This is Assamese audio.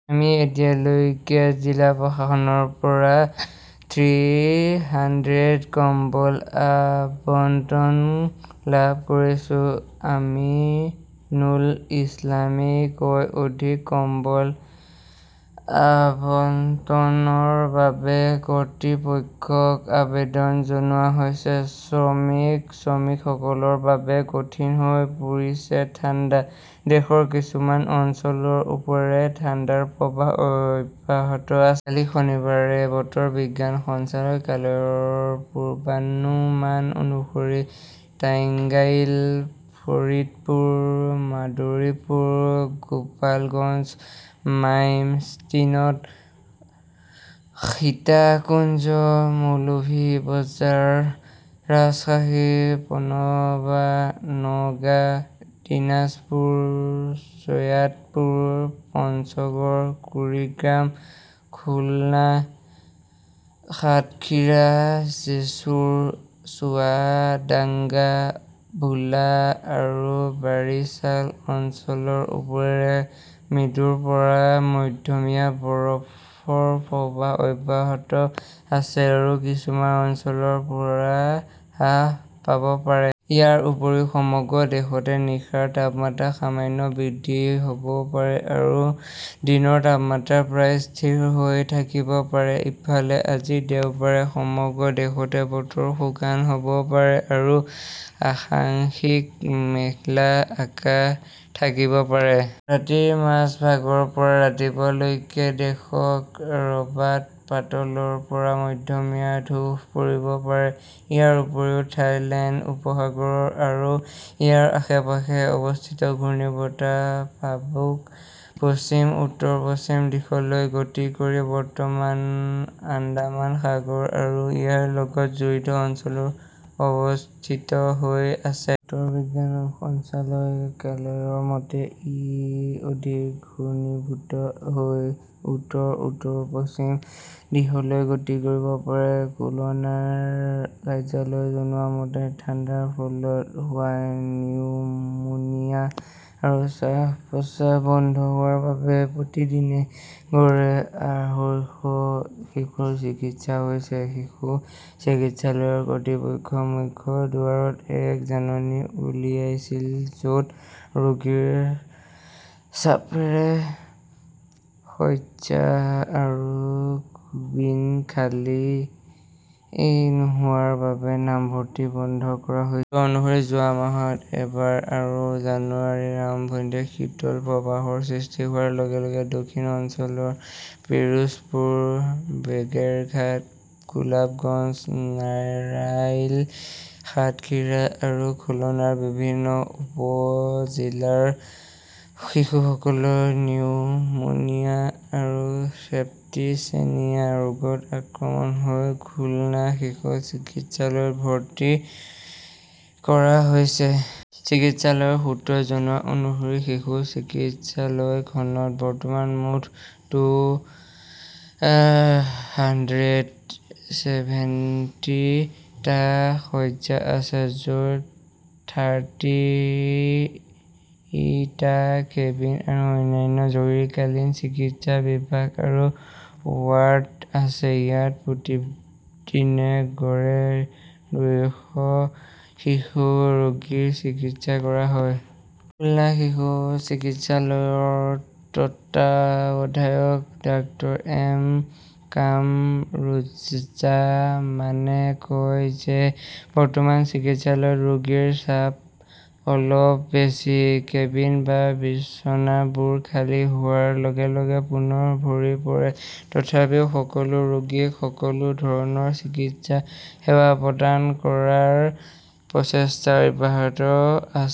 আমি এতিয়ালৈকে জিলা প্ৰশাসনৰ পৰা থ্ৰী হাণ্ড্ৰেড কম্বল আবণ্টন লাভ কৰিছো, আমিনুল ইছলামই কয়। অধিক কম্বল আবণ্টনৰ বাবে কৰ্তৃপক্ষক আবেদন জনোৱা হৈছে। শ্ৰমিক শ্ৰমিকসকলৰ বাবে কঠিন হৈ পৰিছে ঠাণ্ডা। দেশৰ কিছুমান অঞ্চলৰ ওপৰেৰে ঠাণ্ডাৰ প্ৰৱাহ অব্যাহত আছে। কালি শনিবাৰে বতৰ বিজ্ঞান সঞ্চালকালয়ৰ পূৰ্বানুমান অনুসৰি, টাঙ্গাইল, ফৰিদপুৰ, মাদৰীপুৰ, গোপালগঞ্জ, মাইমশ্বিংটন, সীতাকুণ্ড, মৌলভি বজাৰ, ৰাজশ্বাহী, পাবনা, নওগাঁ, দিনাজপুৰ, চৈয়াদপুৰ, পঞ্চগড়, কুৰিগ্ৰাম, খুলনা, সাতখিৰা, জেছুৰ, চুৱাদাঙ্গা, ভোলা আৰু বাৰিছাল অঞ্চলৰ ওপৰেৰে মৃদুৰ পৰা মধ্যমীয়া বৰফৰ প্ৰৱাহ অব্যাহত আছে আৰু কিছুমান অঞ্চলৰ পৰা হ্ৰাস পাব পাৰে। ইয়াৰ উপৰিও সমগ্ৰ দেশতে নিশাৰ তাপমাত্ৰা সামান্য বৃদ্ধি হʼব পাৰে আৰু দিনৰ তাপমাত্ৰা প্ৰায় স্থিৰ হৈ থাকিব পাৰে। ইফালে, আজি দেওবাৰে সমগ্ৰ দেশতে বতৰ শুকান হ 'ব পাৰে আৰু আংশিক মেঘলা আকাশ থাকিব পাৰে। ৰাতিৰ মাজভাগৰ পৰা ৰাতিপুৱা লৈকে দেশৰ কʼৰবাত পাতলৰ পৰা মধ্যমীয়া ধূস পৰিব পাৰে। ইয়াৰ উপৰিও থাইলেণ্ড উপসাগৰ আৰু ইয়াৰ আশে-পাশে অৱস্থিত ঘূৰ্ণীবতাহ পাবুক পশ্চিম উত্তৰ-পশ্চিম দিশলৈ গতি কৰি বৰ্তমান আন্দামান সাগৰ আৰু ইয়াৰ লগত জড়িত অঞ্চলত অৱস্থিত হৈ আছে। বতৰ বিজ্ঞান সঞ্চালকালয়ৰ মতে, ই অধিক ঘনীভূত হৈ উত্তৰ/উত্তৰ-পশ্চিম দিশলৈ গতি কৰিব পাৰে। কুলানাৰ কাৰ্যালয়ে জনোৱা মতে, ঠাণ্ডাৰ ফলত হোৱা নিউমোনিয়া আৰু শ্বাস-প্ৰশ্বাস বন্ধ হোৱাৰ বাবে প্ৰতিদিনে গড়ে আঢ়ৈশ শিশুৰ চিকিৎসা হৈছে। শিশু চিকিৎসালয়ৰ কৰ্তৃপক্ষই মুখ্য দুৱাৰত এক জাননী উলিয়াইছিল যʼত ৰোগীৰ চাপেৰে শয্যা আৰু কেবিন খালী নোহোৱাৰ বাবে নামভৰ্তি বন্ধ কৰা হৈছিল। সূত্ৰ অনুসৰি, যোৱা মাহত এবাৰ আৰু জানুৱাৰীৰ আৰম্ভণিতে শীতল প্ৰবাহৰ সৃষ্টি হোৱাৰ লগে লগে দক্ষিণ অঞ্চলৰ পিৰোজপুৰ, বাগেৰহাট, গোপালগঞ্জ, নাৰাইল, সাতক্ষীৰা আৰু খুলনাৰ বিভিন্ন উপ-জিলাৰ শিশুসকলক নিউমোনিয়া আৰু ছেপ্টিচেনিয়া ৰোগত আক্ৰান্ত হৈ খুলনা শিশু চিকিৎসালয়ত ভৰ্তি কৰা হৈছে। চিকিৎসালয়ৰ সূত্ৰই জনোৱা অনুসৰি শিশু চিকিৎসালয়খনত বৰ্তমান মুঠ টু হাণ্ড্ৰেড ছেভেণ্টি টা শয্যা আছে যত থাৰ্টি এইট টা কেবিন আৰু অন্যান্য জৰুৰীকালীন চিকিৎসা বিভাগ আৰু ৱাৰ্ড আছে। ইয়াত প্ৰতিদিনে গড়ে দুইশ শিশু ৰোগীৰ চিকিৎসা কৰা হয়। খুলনা শিশু চিকিৎসালয়ৰ তত্ত্বাৱধায়ক ডাক্তৰ এম কামৰুজ্জমানে কয় যে বৰ্তমান চিকিৎসালয়ত ৰোগীৰ চাপ অলপ বেছি। কেবিন বা বিচনাবোৰ খালী হোৱাৰ লগে লগে পুনৰ ভৰি পৰে। তথাপিও সকলো ৰোগীক সকলো ধৰণৰ চিকিৎসা সেৱা প্ৰদান কৰাৰ প্ৰচেষ্টা অব্যাহত আছে।